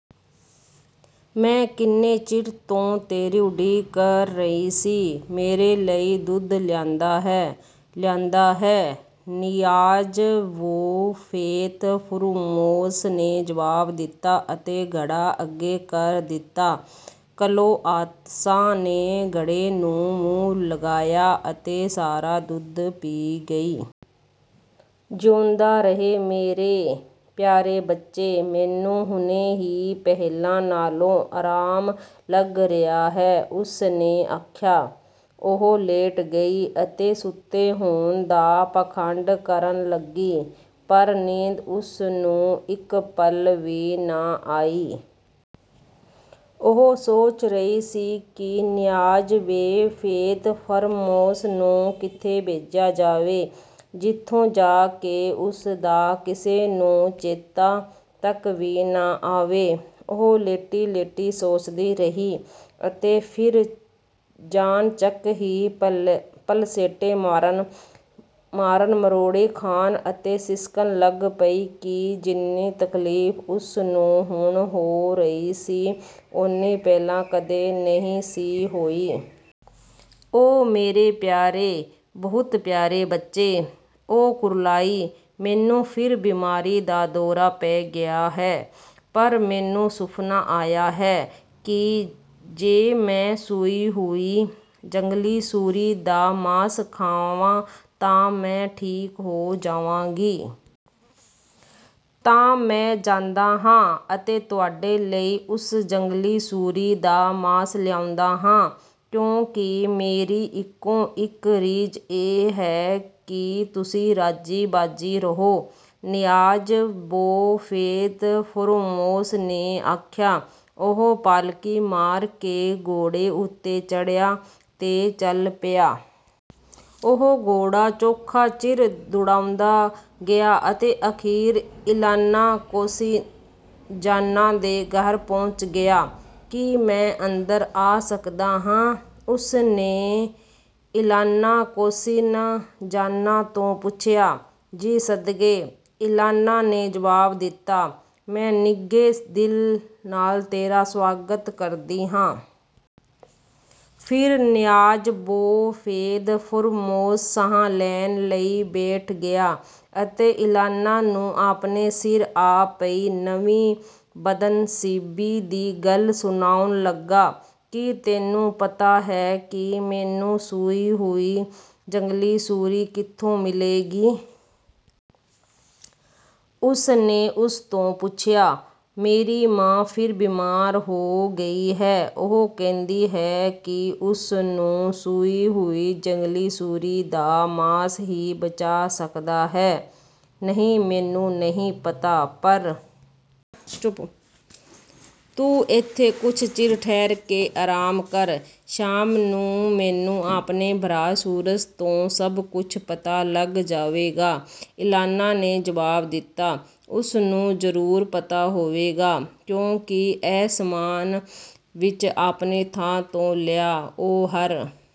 ਮੈਂ ਕਿੰਨੇ ਚਿਰ ਤੋਂ ਤੇਰੀ ਉਡੀਕ ਕਰ ਰਹੀ ਸੀ। ਮੇਰੇ ਲਈ ਦੁੱਧ ਲਿਆਂਦਾ ਹੈ?" "ਲਿਆਂਦਾ ਹੈ," ਨਿਆਜ਼-ਬੋ ਫ਼ੇਤ-ਫ਼ਰੂਮੋਸ ਨੇ ਜਵਾਬ ਦਿੱਤਾ ਅਤੇ ਘੜਾ ਅੱਗੇ ਕਰ ਦਿੱਤਾ। ਕਲੋਆਂਤਸਾ ਨੇ ਘੜੇ ਨੂੰ ਮੂੰਹ ਲਗਾਇਆ ਅਤੇ ਸਾਰਾ ਦੁੱਧ ਪੀ ਗਈ। "ਜਿਊਂਦਾ ਰਹੇਂ ਮੇਰੇ ਪਿਆਰੇ ਬੱਚੇ, ਮੈਨੂੰ ਹੁਣੇ ਹੀ ਪਹਿਲਾਂ ਨਾਲੋਂ ਆਰਾਮ ਲੱਗ ਰਿਹਾ ਹੈ," ਉਸ ਨੇ ਆਖਿਆ। ਉਹ ਲੇਟ ਗਈ ਅਤੇ ਸੁੱਤੇ ਹੋਣ ਦਾ ਪਾਖੰਡ ਕਰਨ ਲੱਗੀ, ਪਰ ਨੀਂਦ ਉਸ ਨੂੰ ਇੱਕ ਪਲ ਵੀ ਨਾ ਆਈ। ਉਹ ਸੋਚ ਰਹੀ ਸੀ ਕਿ ਨਿਆਜ਼-ਬੋ ਫ਼ੇਤ-ਫ਼ਰੂਮੋਸ ਨੂੰ ਕਿੱਥੇ ਭੇਜਿਆ ਜਾਵੇ, ਜਿੱਥੋਂ ਜਾ ਕੇ ਉਸ ਦਾ ਕਿਸੇ ਨੂੰ ਚੇਤਾ ਤੱਕ ਵੀ ਨਾ ਆਵੇ। ਉਹ ਲੇਟੀ-ਲੇਟੀ ਸੋਚਦੀ ਰਹੀ ਅਤੇ ਫਿਰ ਚਾਣਚੱਕ ਹੀ ਪਲਸੇਟੇ ਮਾਰਨ, ਮਰੋੜੇ ਖਾਣ ਅਤੇ ਸਿਸਕਣ ਲੱਗ ਪਈ ਕਿ ਜਿੰਨੀ ਤਕਲੀਫ਼ ਉਸ ਨੂੰ ਹੁਣ ਹੋ ਰਹੀ ਸੀ, ਉੱਨੀ ਪਹਿਲਾਂ ਕਦੇ ਨਹੀਂ ਸੀ ਹੋਈ। "ਓ ਮੇਰੇ ਪਿਆਰੇ, ਬਹੁਤ ਪਿਆਰੇ ਬੱਚੇ!" ਉਹ ਕੁਰਲਾਈ, "ਮੈਨੂੰ ਫਿਰ ਬੀਮਾਰੀ ਦਾ ਦੌਰਾ ਪੈ ਗਿਆ ਹੈ, ਪਰ ਮੈਨੂੰ ਸੁਫ਼ਨਾ ਆਇਆ ਹੈ ਕਿ ਜੇ ਮੈਂ ਸੂਈ ਹੋਈ ਜੰਗਲੀ ਸੂਰੀ ਦਾ ਮਾਸ ਖਾਵਾਂ ਤਾਂ ਮੈਂ ਠੀਕ ਹੋ ਜਾਵਾਂਗੀ।" "ਤਾਂ ਮੈਂ ਜਾਂਦਾ ਹਾਂ ਅਤੇ ਤੁਹਾਡੇ ਲਈ ਉਸ ਜੰਗਲੀ ਸੂਰੀ ਦਾ ਮਾਸ ਲਿਆਉਂਦਾ ਹਾਂ, ਕਿਉਂਕਿ ਮੇਰੀ ਇੱਕੋ-ਇੱਕ ਰੀਝ ਇਹ ਹੈ ਕਿ ਤੁਸੀਂ ਰਾਜ਼ੀ-ਬਾਜ਼ੀ ਰਹੋ," ਨਿਆਜ਼-ਬੋ ਫ਼ੇਤ-ਫ਼ਰੂਮੋਸ ਨੇ ਆਖਿਆ। ਉਹ ਪਲਾਕੀ ਮਾਰ ਕੇ ਘੋੜੇ ਉੱਤੇ ਚੜ੍ਹਿਆ ਅਤੇ ਚੱਲ ਪਿਆ। ਉਹ ਘੋੜਾ ਚੋਖਾ ਚਿਰ ਦੁੜਾਉਂਦਾ ਗਿਆ ਅਤੇ ਅਖ਼ੀਰ ਇਲਾਨਾ ਕੋਸਿਨਜ਼ਾਨਾ ਦੇ ਘਰ ਪਹੁੰਚ ਗਿਆ। "ਕੀ ਮੈਂ ਅੰਦਰ ਆ ਸਕਦਾ ਹਾਂ?" ਉਸ ਨੇ ਇਲਾਨਾ ਕੋਸਿਨਜ਼ਾਨਾ ਤੋਂ ਪੁੱਛਿਆ। "ਜੀ ਸਦਕੇ," ਇਲਾਨਾ ਨੇ ਜਵਾਬ ਦਿੱਤਾ, "ਮੈਂ ਨਿੱਘੇ ਦਿਲ ਨਾਲ ਤੇਰਾ ਸੁਆਗਤ ਕਰਦੀ ਹਾਂ।" ਫ਼ਿਰ ਨਿਆਜ਼-ਬੋ ਫ਼ੇਤ-ਫ਼ਰੂਮੋਸ ਸਾਹ ਲੈਣ ਲਈ ਬੈਠ ਗਿਆ ਅਤੇ ਇਲਾਨਾ ਨੂੰ ਆਪਣੇ ਸਿਰ ਆ ਪਈ ਨਵੀਂ ਬਦਨਸੀਬੀ ਦੀ ਗੱਲ ਸੁਣਾਉਣ ਲੱਗਾ। "ਕੀ ਤੈਨੂੰ ਪਤਾ ਹੈ ਕਿ ਮੈਨੂੰ ਸੂਈ ਹੋਈ ਜੰਗਲੀ ਸੂਰੀ ਕਿੱਥੋਂ ਮਿਲੇਗੀ?" ਉਸ ਨੇ ਉਸ ਤੋਂ ਪੁੱਛਿਆ, "ਮੇਰੀ ਮਾਂ ਫਿਰ ਬੀਮਾਰ ਹੋ ਗਈ ਹੈ। ਉਹ ਕਹਿੰਦੀ ਹੈ ਕਿ ਉਸ ਨੂੰ ਸੂਈ ਹੋਈ ਜੰਗਲੀ ਸੂਰੀ ਦਾ ਮਾਸ ਹੀ ਬਚਾ ਸਕਦਾ ਹੈ।" "ਨਹੀਂ, ਮੈਨੂੰ ਨਹੀਂ ਪਤਾ। ਪਰ ਤੂੰ ਇੱਥੇ ਕੁਝ ਚਿਰ ਠਹਿਰ ਕੇ ਆਰਾਮ ਕਰ, ਸ਼ਾਮ ਨੂੰ ਮੈਨੂੰ ਆਪਣੇ ਭਰਾ ਸੂਰਜ ਤੋਂ ਸਭ ਕੁਝ ਪਤਾ ਲੱਗ ਜਾਵੇਗਾ," ਇਲਾਨਾ ਨੇ ਜਵਾਬ ਦਿੱਤਾ, "ਉਸ ਨੂੰ ਜ਼ਰੂਰ ਪਤਾ ਹੋਵੇਗਾ, ਕਿਉਂਕਿ ਅਸਮਾਨ ਵਿੱਚ ਆਪਣੀ ਥਾਂ ਤੋਂ ਉਹ ਹਰ